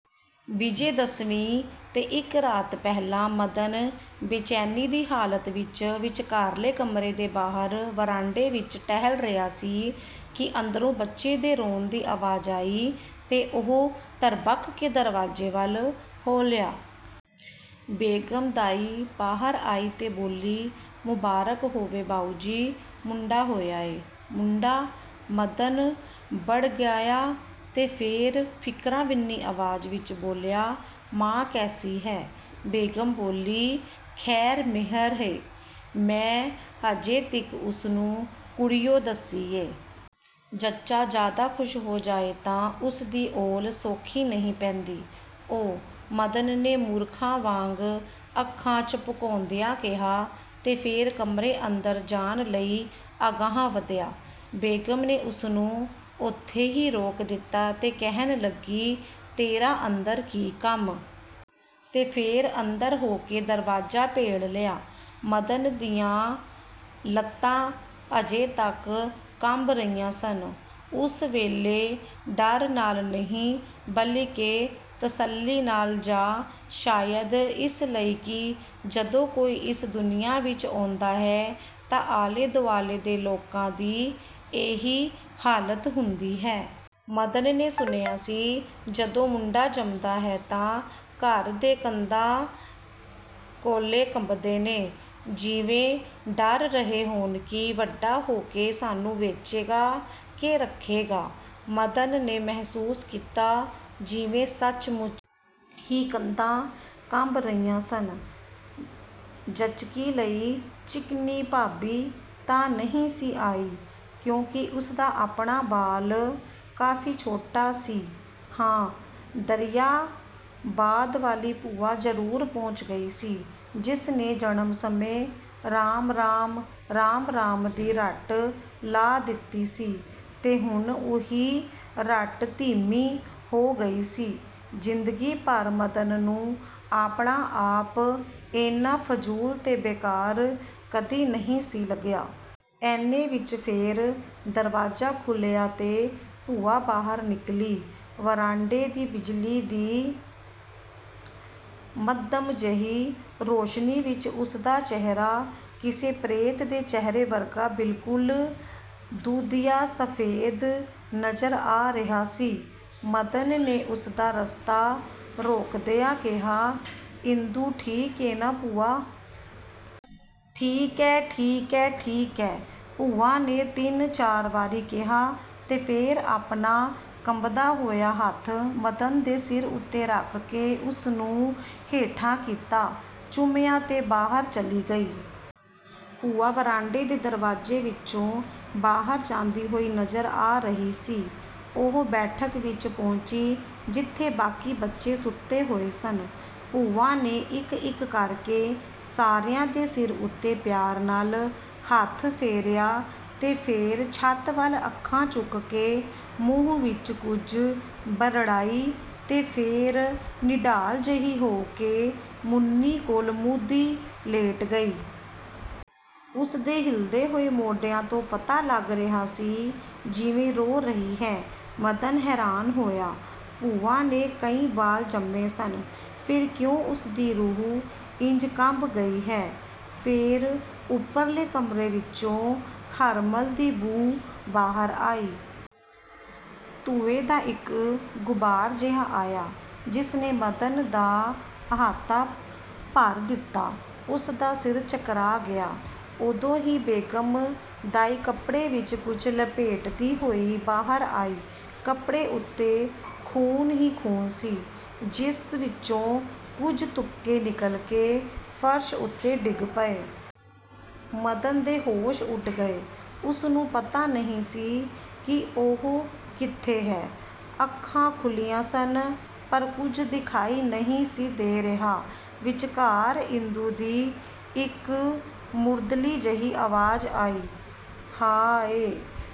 ' ਵਿਜੈ ਦਸਵੀਂ ਤੋਂ ਇਕ ਰਾਤ ਪਹਿਲਾਂ ਮਦਨ ਬੇਚੈਨੀ ਦੀ ਹਾਲਤ ਵਿਚ ਵਿਚਕਾਰਲੇ ਕਮਰੇ ਦੇ ਬਾਹਰ ਵਰਾਂਡੇ ਵਿਚ ਟਹਿਲ ਰਿਹਾ ਸੀ ਕਿ ਅੰਦਰੋਂ ਬੱਚੇ ਦੇ ਰੋਣ ਦੀ ਆਵਾਜ਼ ਆਈ ਤੇ ਉਹ ਤ੍ਰਬਕ ਕੇ ਦਰਵਾਜ਼ੇ ਵੱਲ ਅਹੁਲਿਆ। ਬੇਗਮ ਦਾਈ ਬਾਹਰ ਆਈ ਤੇ ਬੋਲੀ-"ਮੁਬਾਰਕ ਹੋਵੇ ਬਾਊਜੀ, ਮੁੰਡਾ ਹੋਇਆ ਏ। " "ਮੁੰਡਾ? " ਮਦਨ ਬੜਰਾਇਆ ਤੇ ਫੇਰ ਫਿਕਰਾਂ ਵਿੰਨ੍ਹੀ ਆਵਾਜ਼ ਵਿਚ ਬੋਲਿਆ-"ਮਾਂ ਕੈਸੀ ਹੈ? " ਬੇਗਮ ਬੋਲੀ-"ਖ਼ੈਰ ਮਿਹਰ ਏ, ਮੈਂ ਅਜੇ ਤੀਕ ਉਸਨੂੰ ਕੁੜੀ ਓ ਦੱਸੀ ਏ। ਜੱਚਾ ਜ਼ਿਆਦਾ ਖੁਸ਼ ਹੋ ਜਾਏ ਤਾਂ ਉਸਦੀ ਔਲ ਸੌਖੀ ਨਹੀਂ ਪੈਂਦੀ। " "ਓ… " ਮਦਨ ਨੇ ਮੂਰਖਾਂ ਵਾਂਗ ਅੱਖਾਂ ਝਪਕਾਉਂਦਿਆਂ ਕਿਹਾ ਤੇ ਫੇਰ ਕਮਰੇ ਅੰਦਰ ਜਾਣ ਲਈ ਅਗਾਂਹ ਵਧਿਆ। ਬੇਗਮ ਨੇ ਉਸਨੂੰ ਉੱਥੇ ਹੀ ਰੋਕ ਦਿਤਾ ਤੇ ਕਹਿਣ ਲੱਗੀ- "ਤੇਰਾ ਅੰਦਰ ਕੀ ਕੰਮ? " ਤੇ ਫੇਰ ਅੰਦਰ ਹੋ ਕੇ ਦਰਵਾਜ਼ਾ ਭੇੜ ਲਿਆ। ਮਦਨ ਦੀਆਂ ਲੱਤਾਂ ਅਜੇ ਤਕ ਕੰਬ ਰਹੀਆਂ ਸਨ। ਉਸ ਵੇਲੇ ਡਰ ਨਾਲ ਨਹੀਂ ਬਲਿਕੇ ਤਸੱਲੀ ਨਾਲ ਜਾਂ ਸ਼ਾਇਦ ਇਸ ਲਈ ਕਿ ਜਦੋਂ ਕੋਈ ਇਸ ਦੁਨੀਆਂ ਵਿਚ ਆਉਂਦਾ ਹੈ ਤਾਂ ਆਲੇ ਦੁਆਲੇ ਦੇ ਲੋਕਾਂ ਦੀ ਇਹੀ ਹਾਲਤ ਹੁੰਦੀ ਹੈ। ਮਦਨ ਨੇ ਸੁਣਿਆ ਸੀ, ਜਦੋਂ ਮੁੰਡਾ ਜੰਮਦਾ ਹੈ ਤਾਂ ਘਰ ਦੇ ਕੰਧਾਂ ਕੌਲੇ ਕੰਬਦੇ ਨੇ। ਜਿਵੇਂ ਡਰ ਰਹੇ ਹੋਣ ਕਿ ਵੱਡਾ ਹੋ ਕੇ ਸਾਨੂੰ ਵੇਚੇਗਾ ਕਿ ਰੱਖੇਗਾ। ਮਦਨ ਨੇ ਮਹਿਸੂਸ ਕੀਤਾ, ਜਿਵੇਂ ਸੱਚਮੁੱਚ ਹੀ ਕੰਧਾਂ ਕੰਬ ਰਹੀਆਂ ਸਨ… ਜੱਚਗੀ ਲਈ ਚਿਕਨੀ ਭਾਬੀ ਤਾਂ ਨਹੀਂ ਸੀ ਆਈ ਕਿਉਂਕਿ ਉਸਦਾ ਆਪਣਾ ਬਾਲ ਕਾਫੀ ਛੋਟਾ ਸੀ-ਹਾਂ, ਦਰਿਆਬਾਦ ਵਾਲੀ ਭੂਆ ਜ਼ਰੂਰ ਪਹੁੰਚ ਗਈ ਸੀ, ਜਿਸਨੇ ਜਨਮ ਸਮੇਂ 'ਰਾਮ–ਰਾਮ, ਰਾਮ–ਰਾਮ' ਦੀ ਰਟ ਲਾ ਦਿਤੀ ਸੀ ਤੇ ਹੁਣ ਉਹੀ ਰਟ ਧੀਮੀ ਹੋ ਗਈ ਸੀ… ਜ਼ਿੰਦਗੀ ਭਰ ਮਦਨ ਨੂੰ ਆਪਣਾ ਆਪ ਏਨਾ ਫਜ਼ੂਲ ਤੇ ਬੇਕਾਰ ਕਦੀ ਨਹੀਂ ਸੀ ਲੱਗਿਆ। ਏਨੇ ਵਿਚ ਫੇਰ ਦਰਵਾਜ਼ਾ ਖੁੱਲ੍ਹਿਆ ਤੇ ਭੂਆ ਬਾਹਰ ਨਿਕਲੀ। ਵਰਾਂਡੇ ਦੀ ਬਿਜਲੀ ਦੀ ਮੱਧਮ ਜਿਹੀ ਰੌਸ਼ਨੀ ਵਿਚ ਉਸਦਾ ਚਿਹਰਾ ਕਿਸੇ ਪ੍ਰੇਤ ਦੇ ਚਿਹਰੇ ਵਰਗਾ-ਬਿਲਕੁਲ ਦੁਧੀਆ–ਸਫ਼ੇਦ- ਨਜ਼ਰ ਆ ਰਿਹਾ ਸੀ। ਮਦਨ ਨੇ ਉਸਦਾ ਰਸਤਾ ਰੋਕਦਿਆਂ ਕਿਹਾ- "ਇੰਦੂ ਠੀਕ ਏ ਨਾ ਭੂਆ? " "ਠੀਕ ਐ, ਠੀਕ ਐ, ਠੀਕ ਐ… " ਭੂਆ ਨੇ ਤਿੰਨ ਚਾਰ ਵਾਰੀ ਕਿਹਾ ਤੇ ਫੇਰ ਆਪਣਾ ਕੰਬਦਾ ਹੋਇਆ ਹੱਥ ਮਦਨ ਦੇ ਸਿਰ ਉੱਤੇ ਰੱਖ ਕੇ ਉਸਨੂੰ ਹੇਠਾਂ ਕੀਤਾ, ਚੁੰਮਿਆਂ ਤੇ ਬਾਹਰ ਚਲੀ ਗਈ। ਭੂਆ ਵਰਾਂਡੇ ਦੇ ਦਰਵਾਜ਼ੇ ਵਿਚੋਂ ਬਾਹਰ ਜਾਂਦੀ ਹੋਈ ਨਜ਼ਰ ਆ ਰਹੀ ਸੀ। ਉਹ ਬੈਠਕ ਵਿਚ ਪਹੁੰਚੀ, ਜਿੱਥੇ ਬਾਕੀ ਬੱਚੇ ਸੁੱਤੇ ਹੋਏ ਸਨ। ਭੂਆ ਨੇ ਇਕ ਇਕ ਕਰਕੇ ਸਾਰਿਆਂ ਦੇ ਸਿਰ ਉੱਤੇ ਪਿਆਰ ਨਾਲ ਹੱਥ ਫੇਰਿਆ ਤੇ ਫੇਰ ਛੱਤ ਵੱਲ ਅੱਖਾਂ ਚੁੱਕ ਕੇ ਮੂੰਹ ਵਿਚ ਕੁਝ ਬਰੜਾਈ ਤੇ ਫੇਰ ਨਿਢਾਲ ਜਿਹੀ ਹੋ ਕੇ ਮੁੰਨੀ ਕੋਲ ਮੂਧੀ ਲੇਟ ਗਈ। ਉਸਦੇ ਹਿੱਲਦੇ ਹੋਏ ਮੋਢਿਆਂ ਤੋਂ ਪਤਾ ਲੱਗ ਰਿਹਾ ਸੀ ਜਿਵੇਂ ਰੋ ਰਹੀ ਹੈ। ਮਦਨ ਹੈਰਾਨ ਹੋਇਆ! ਭੂਆ ਨੇ ਕਈ ਬਾਲ ਜੰਮੇ ਸਨ ਫੇਰ ਕਿਉਂ ਉਸਦੀ ਰੂਹ ਇੰਜ ਕੰਬ ਗਈ ਹੈ…? ਫੇਰ ਉਧਰਲੇ ਕਮਰੇ ਵਿਚੋਂ ਹਰਮਲ ਦੀ ਬੂ ਬਾਹਰ ਆਈ। ਧੂੰਏ ਦਾ ਇਕ ਗੁਬਾਰ ਜਿਹਾ ਆਇਆ, ਜਿਸਨੇ ਮਦਨ ਦਾ ਅਹਾਤਾ ਭਰ ਦਿਤਾ। ਉਸਦਾ ਸਿਰ ਚਕਰਾ ਗਿਆ। ਉਦੋਂ ਹੀ ਬੇਗਮ ਦਾਈ ਕਪੜੇ ਵਿਚ ਕੁਝ ਲਪੇਟਦੀ ਹੋਈ ਬਾਹਰ ਆਈ। ਕਪੜੇ ਉੱਤੇ ਖ਼ੂਨ ਹੀ ਖ਼ੂਨ ਸੀ, ਜਿਸ ਵਿਚੋਂ ਕੁਝ ਤੁਪਕੇ ਨਿਕਲ ਕੇ ਫਰਸ਼ ਉੱਤੇ ਡਿੱਗ ਪਏ। ਮਦਨ ਦੇ ਹੋਸ਼ ਉੱਡ ਗਏ। ਉਸਨੂੰ ਪਤਾ ਨਹੀਂ ਸੀ ਕਿ ਉਹ ਕਿੱਥੇ ਹੈ! ਅੱਖਾਂ ਖੁੱਲ੍ਹੀਆਂ ਸਨ, ਪਰ ਕੁਝ ਦਿਖਾਈ ਨਹੀਂ ਸੀ ਦੇ ਰਿਹਾ। ਵਿਚਕਾਰ ਇੰਦੂ ਦੀ ਇਕ ਮੁਰਦਲੀ ਜਿਹੀ ਆਵਾਜ਼ ਆਈ-"ਹਾ–ਏ…